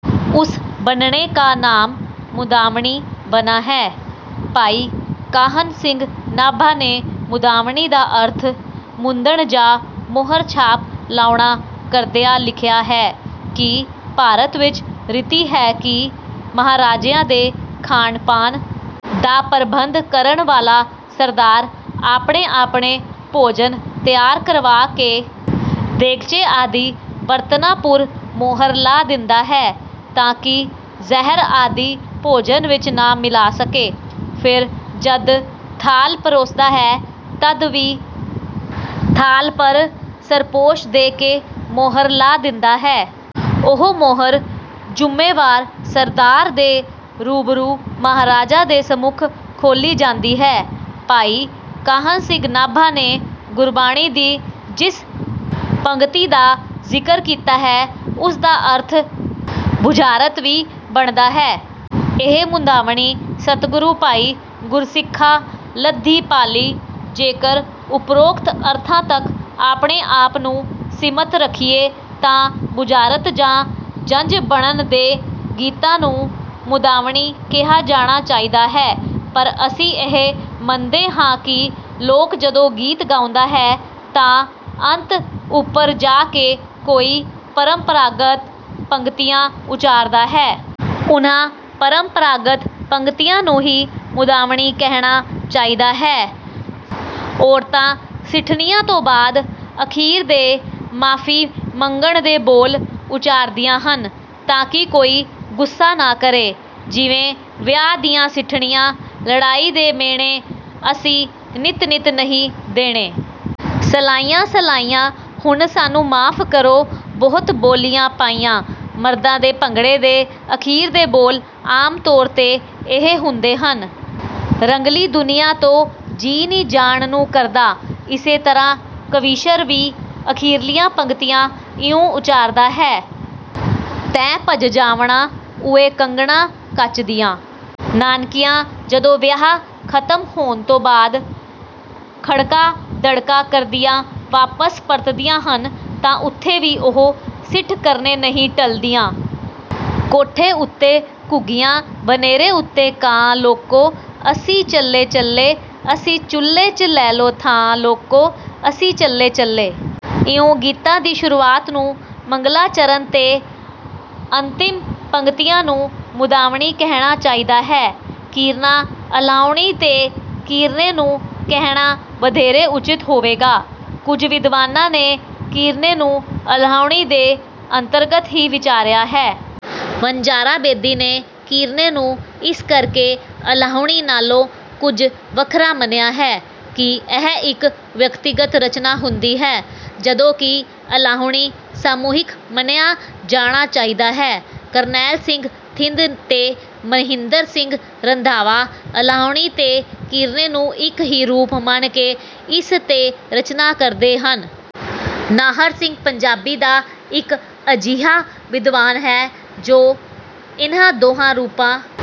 ਉਸ ਬੰਨਣੇ ਕਾ ਨਾਮ ਮੁੰਦਾਵਣੀ ਬਨਾ ਹੈ। "ਭਾਈ ਕਾਹਨ ਸਿੰਘ ਨਾਭਾ ਨੇ ਮੁੰਦਾਵਣੀ ਦਾ ਅਰਥ ਮੁੰਦਣ ਜਾਂ ਮੋਹਰ ਛਾਪ ਲਾਉਣਾ ਕਰਦਿਆ ਲਿਖਿਆ ਹੈ ਕਿ, "ਭਾਰਤ ਵਿਚ ਰੀਤੀ ਹੈ ਕਿ ਮਹਾਰਾਜਿਆਂ ਦੇ ਖਾਣ ਪਾਨ ਦਾ ਪ੍ਰਬੰਧ ਕਰਨ ਵਾਲਾ ਸਰਦਾਰ ਆਪਣੇ ਆਪਣੇ ਭੋਜਨ ਤਿਆਰ ਕਰਵਾ ਕਿ ਦੇਗਚੇ ਆਦਿ ਬਰਤਨਾਂ ਪੁਰ ਮੋਹਰ ਲਾ ਦਿੰਦਾ ਹੈ ਤਾਂ ਕਿ ਜ਼ਹਿਰ ਆਦਿ ਭੋਜਨ ਵਿੱਚ ਨਾ ਮਿਲਾ ਸਕੇ, ਫਿਰ ਜਦ ਥਾਲ ਪਰੋਸਦਾ ਹੈ ਤਦ ਵੀ ਥਾਲ ਪਰ ਸਰਪੋਸ਼ ਦੇ ਕੇ ਮੋਹਰ ਲਾ ਦਿੰਦਾ ਹੈ। ਉਹ ਮੋਹਰ ਜੁੰਮੇਵਾਰ ਸਰਦਾਰ ਦੇ ਰੂਬਰੂ ਮਹਾਰਾਜਾ ਦੇ ਸੰਮੁਖ ਖੋਲ੍ਹੀ ਜਾਂਦੀ ਹੈ। " ਭਾਈ ਕਾਹਨ ਸਿੰਘ ਨਾਭਾ ਨੇ ਗੁਰਬਾਣੀ ਦੀ ਜਿਸ ਪੰਗਤੀ ਦਾ ਜ਼ਿਕਰ ਕੀਤਾ ਹੈ ਉਸ ਦਾ ਅਰਥ ਬੁਝਾਰਤ ਵੀ ਬਣਦਾ ਹੈ। 'ਇਹ ਮੁੰਦਾਵਣੀ ਸਤਿਗੁਰ ਪਾਈ, ਗੁਰਸਿੱਖਾਂ ਲੱਧੀ ਭਾਲਿ"। ਜੇਕਰ ਉਪਰੋਕਤ ਅਰਥਾਂ ਤੱਕ ਆਪਣੇ ਆਪ ਨੂੰ ਸੀਮਤ ਰੱਖੀਏ ਤਾਂ ਬੁਝਾਰਤ ਜਾਂ ਜੰਜ ਬੰਨ੍ਹਣ ਦੇ ਗੀਤਾਂ ਨੂੰ ਮੁੰਦਾਵਣੀ ਕਿਹਾ ਜਾਣਾ ਚਾਹੀਦਾ ਹੈ। ਪਰ ਅਸੀਂ ਇਹ ਮੰਨਦੇ ਹਾਂ ਕਿ 'ਲੋਕ' ਜਦੋਂ ਗੀਤ ਗਾਉਂਦਾ ਹੈ ਤਾਂ ਅੰਤ ਉਪਰ ਜਾ ਕੇ ਕੋਈ ਪਰੰਪਰਾਗਤ ਪੰਗਤੀਆਂ ਉਚਾਰਦਾ ਹੈ। ਉਨ੍ਹਾਂ ਪਰੰਪਰਾਗਤ ਪੰਗਤੀਆਂ ਨੂੰ ਹੀ ਮੁੰਦਾਵਣੀ ਕਹਿਣਾ ਚਾਹੀਦਾ ਹੈ। ਔਰਤਾਂ ਸਿੱਠਣੀਆਂ ਤੋਂ ਬਾਦ ਅਖੀਰ ਤੇ ਮਾਫ਼ੀ ਮੰਗਣ ਦੇ ਬੋਲ ਉਚਾਰਦੀਆਂ ਹਨ ਤਾਂ ਕਿ ਕੋਈ ਗੁੱਸਾ ਨਾ ਕਰੇ। ਜਿਵੇਂ, -ਵਿਆਹ ਦੀਆਂ ਸਿੱਠਣੀਆਂ, ਲੜਾਈ ਦੇ ਮਿਹਣੇ ਅਸੀਂ ਨਿੱਤ ਨਿੱਤ ਨਹੀਂ ਦੇਣੇ। ਸਲਾਈਆਂ ਸਲਾਈਆਂ, ਹੁਣ ਸਾਨੂੰ ਮਾਫ ਕਰੋ ਬਹੁਤ ਬੋਲੀਆਂ ਪਾਈਆਂ ਮਰਦਾਂ ਦੇ ਭੰਗੜੇ ਦੇ ਅਖੀਰ ਦੇ ਬੋਲ ਆਮ ਤੌਰ ਤੇ ਇਹ ਹੁੰਦੇ ਹਨ; -ਰੰਗਲੀ ਦੁਨੀਆਂ ਤੋਂ ਜੀਅ ਨੀ ਜਾਣ ਨੂੰ ਕਰਦਾ। ਇਸੇ ਤਰ੍ਹਾ ਕਵੀਸ਼ਰ ਵੀ ਅਖੀਰਲੀਆਂ ਪੰਗਤੀਆਂ ਇਉਂ ਉਚਾਰਦਾ ਹੈ; ਤੈਂ ਭੱਜ ਜਾਵਣਾ ਉਏ ਕੰਗਣਾ ਕੱਚ ਦਿਆ। ਨਾਨਕੀਆਂ ਜਦੋਂ ਵਿਆਹ ਖਤਮ ਹੋਣ ਤੋਂ ਬਾਦ ਖੜਕਾ-ਦੜਕਾ ਕਰਦੀਆਂ ਵਾਪਸ ਪਰਤਦੀਆਂ ਹਨ ਤਾਂ ਉੱਥੇ ਵੀ ਉਹ ਸਿੱਠ ਕਰਨੋਂ ਨਹੀਂ ਟਲਦੀਆਂ; -ਕੋਠੇ ਉੱਤੇ ਘੁੱਗੀਆਂ ਬਨੇਰੇ ਉੱਤੇ ਕਾਂ ਲੋਕੋ, ਅਸੀਂ ਚੱਲੇ ਚੱਲੇ ਅਸੀਂ ਚੁੱਲੇ 'ਚ ਲੈ ਲਓ ਥਾਂ ਲੋਕੋ, ਅਸੀਂ ਚੱਲੇ ਚੱਲੇ। ਇਉਂ ਗੀਤਾਂ ਦੀ ਸ਼ੁਰੂਆਤ ਨੂੰ ਮੰਗਲਾਚਰਨ ਤੇ ਅੰਤਿਮ ਪੰਗਤੀਆਂ ਨੂੰ ਮੁੰਦਾਵਣੀ ਕਹਿਣਾ ਚਾਹੀਦਾ ਹੈ। ਕੀਰਨਾ ਅਲਾਹੁਣੀ ਤੇ ਕੀਰਨੇ ਨੂੰ ਕਹਿਣਾ ਵਧੇਰੇ ਉੱਚਿਤ ਹੋਵੇਗਾ। ਕੁਝ ਵਿਦਵਾਨਾਂ ਨੇ ਕੀਰਨੇ ਨੂੰ ਅਲਾਹੁਣੀ ਦੇ ਅੰਤਰਗਤ ਹੀ ਵਿਚਾਰਿਆ ਹੈ। ਵਣਜਾਰਾ ਬੇਦੀ ਨੇ ਕੀਰਨੇ ਨੂੰ ਇਸ ਕਰਕੇ ਅਲਾਹੁਣੀ ਨਾਲੋ ਕੁਝ ਵੱਖਰਾ ਮੰਨਿਆ ਹੈ ਕਿ ਇਹ ਇੱਕ ਵਿਅਕਤੀਗਤ ਰਚਨਾ ਹੁੰਦੀ ਹੈ ਜਦੋਂ ਕਿ ਅਲਾਹੁਣੀ ਸਾਮੂਹਿਕ ਮੰਨਿਆਂ ਜਾਣਾ ਚਾਹੀਦਾ ਹੈ। ਕਰਨੈਲ ਸਿੰਘ ਥਿੰਦ ਤੇ ਮਹਿੰਦਰ ਸਿੰਘ ਰੰਧਾਵਾ ਅਲਾਹੁਣੀ ਤੇ ਕੀਰਨੇ ਨੂੰ ਇਕ ਹੀ ਰੂਪ ਮੰਨ ਕੇ ਇਸ ਤੇ ਚਰਚਾ ਕਰਦੇ ਹਨ। ਨਾਹਰ ਸਿੰਘ ਪੰਜਾਬੀ ਦਾ ਇੱਕ ਅਜਿਹਾ ਵਿਦਵਾਨ ਹੈ ਜੋ ਇਨ੍ਹਾਂ ਦੋਹਾਂ ਰੂਪਾਂ